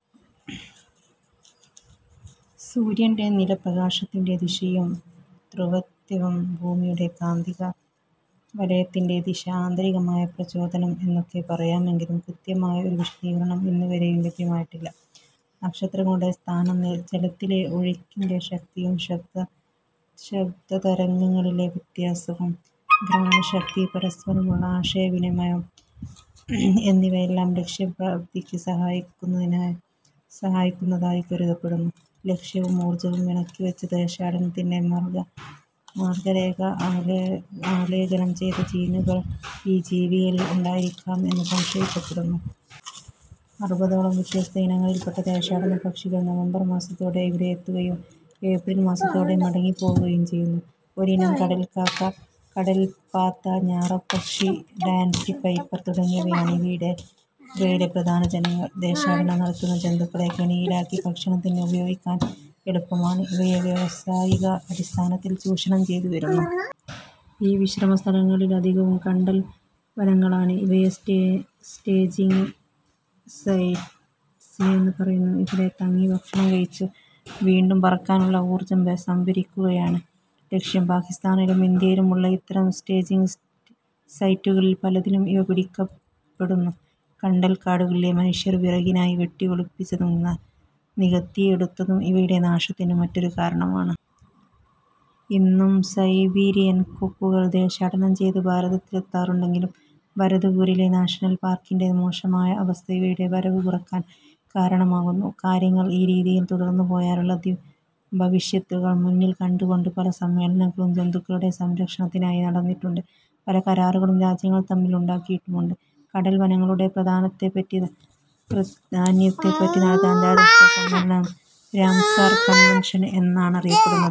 സൂര്യന്റെ നില, പ്രകാശത്തിന്റെ ദിശയും ധ്രുവത്വവും, ഭൂമിയുടെ കാന്തികവലയത്തിന്റെ ദിശ, ആന്തരികമായ പ്രചോദനം എന്നൊക്കെ പറയാമെങ്കിലും കൃത്യമായ ഒരു വിശദീകരണം ഇന്നുവരെയും ലഭ്യമായിട്ടില്ല. നക്ഷത്രങ്ങളുടെ സ്ഥാനം, ജലത്തിലെ ഒഴുക്കിന്റെ ശക്തിയും ശബ്ദതരംഗങ്ങളിലെ വ്യത്യാസവും, ഘ്രാണശക്തി, പരസ്പരമുള്ള ആശയവിനിമയം എന്നിവയെല്ലാം ലക്ഷ്യപ്രാപ്തിക്ക് സഹായിക്കുന്നതായി കരുതപ്പെടുന്നു. ലക്ഷ്യവും ഊർജവും ഇണക്കിവച്ച് ദേശാടനത്തിന്റെ മാർഗരേഖ ആലേഖനം ചെയ്ത ജീനുകൾ ഈ ജീവികളിൽ ഉണ്ടായിരിക്കാം എന്നു സംശയിക്കപ്പെടുന്നു. അറുപതോളം വ്യത്യസ്ത ഇനങ്ങളിൽപ്പെട്ട ദേശാടനപ്പക്ഷികൾ നവംബർ മാസത്തോടെ ഇവിടെ എത്തുകയും ഏപ്രിൽ മാസത്തോടെ മടങ്ങിപ്പോവുകയും ചെയ്യുന്നു. ഒരിനം കടൽക്കാക്ക, കടൽപ്പാത്ത, ഞാറപ്പക്ഷി, സാൻഡ് പൈപ്പർ തുടങ്ങിയവയാണ് ഇവയിലെ പ്രധാന ഇനങ്ങൾ. ദേശാടനം നടത്തുന്ന ജന്തുക്കളെ കെണിയിലാക്കി ഭക്ഷണത്തിന് ഉപയോഗിക്കാൻ എളുപ്പമാണ്. ഇവയെ വ്യാവസായിക അടിസ്ഥാനത്തിൽ ചൂഷണം ചെയ്തുവരുന്നു. ഈ വിശ്രമസ്ഥലങ്ങളധികവും കണ്ടൽവനങ്ങളാണ്. ഇവയെ സ്റ്റേജിങ് സൈറ്റ്സ് എന്നു പറയുന്നു. ഇവിടെ തങ്ങി ഭക്ഷണം കഴിച്ച് വീണ്ടും പറക്കാനുള്ള ഊർജ്ജം സംഭരിക്കുകയാണ് ലക്ഷ്യം. പാകിസ്താനിലും ഇന്ത്യയിലും ഉള്ള ഇത്തരം സ്റ്റേജിങ് സൈറ്റുകളിൽ പലതിലും ഇവ പിടിക്കപ്പെടുന്നു. കണ്ടൽക്കാടുകളെ മനുഷ്യൻ വിറകിനായി വെട്ടിവെളുപ്പിച്ചതും നികത്തിയെടുത്തതും ഇവയുടെ നാശത്തിനു മറ്റൊരു കാരണമാണ്. ഇന്നും സൈബീരിയൻ കൊക്കുകൾ ദേശാടനം ചെയ്ത് ഭാരതത്തിലെത്താറുണ്ടെങ്കിലും ഭരത്പൂരിലെ നാഷണൽ പാർക്കിന്റെ മോശമായ അവസ്ഥ ഇവയുടെ വരവു കുറയ്ക്കാൻ കാരണമാകുന്നു. കാര്യങ്ങൾ ഈ രീതിയിൽ തുടർന്നുപോയാലുള്ള ഭവിഷ്യത്തുകൾ മുന്നിൽ കണ്ടുകൊണ്ട് പല സമ്മേളനങ്ങളും ജന്തുക്കളുടെ സംരക്ഷണത്തിനായി നടന്നിട്ടുണ്ട്. പല കരാറുകളും രാജ്യങ്ങൾ തമ്മിൽ ഉണ്ടാക്കിയിട്ടുമുണ്ട്. കണ്ടൽവനങ്ങളുടെ പ്രാധാന്യത്തെപ്പറ്റി നടന്ന അന്താരാഷ്ട്ര സമ്മേളനം രാംസാർ കൺവെൻഷൻ എന്നാണറിയപ്പെടുന്നത്.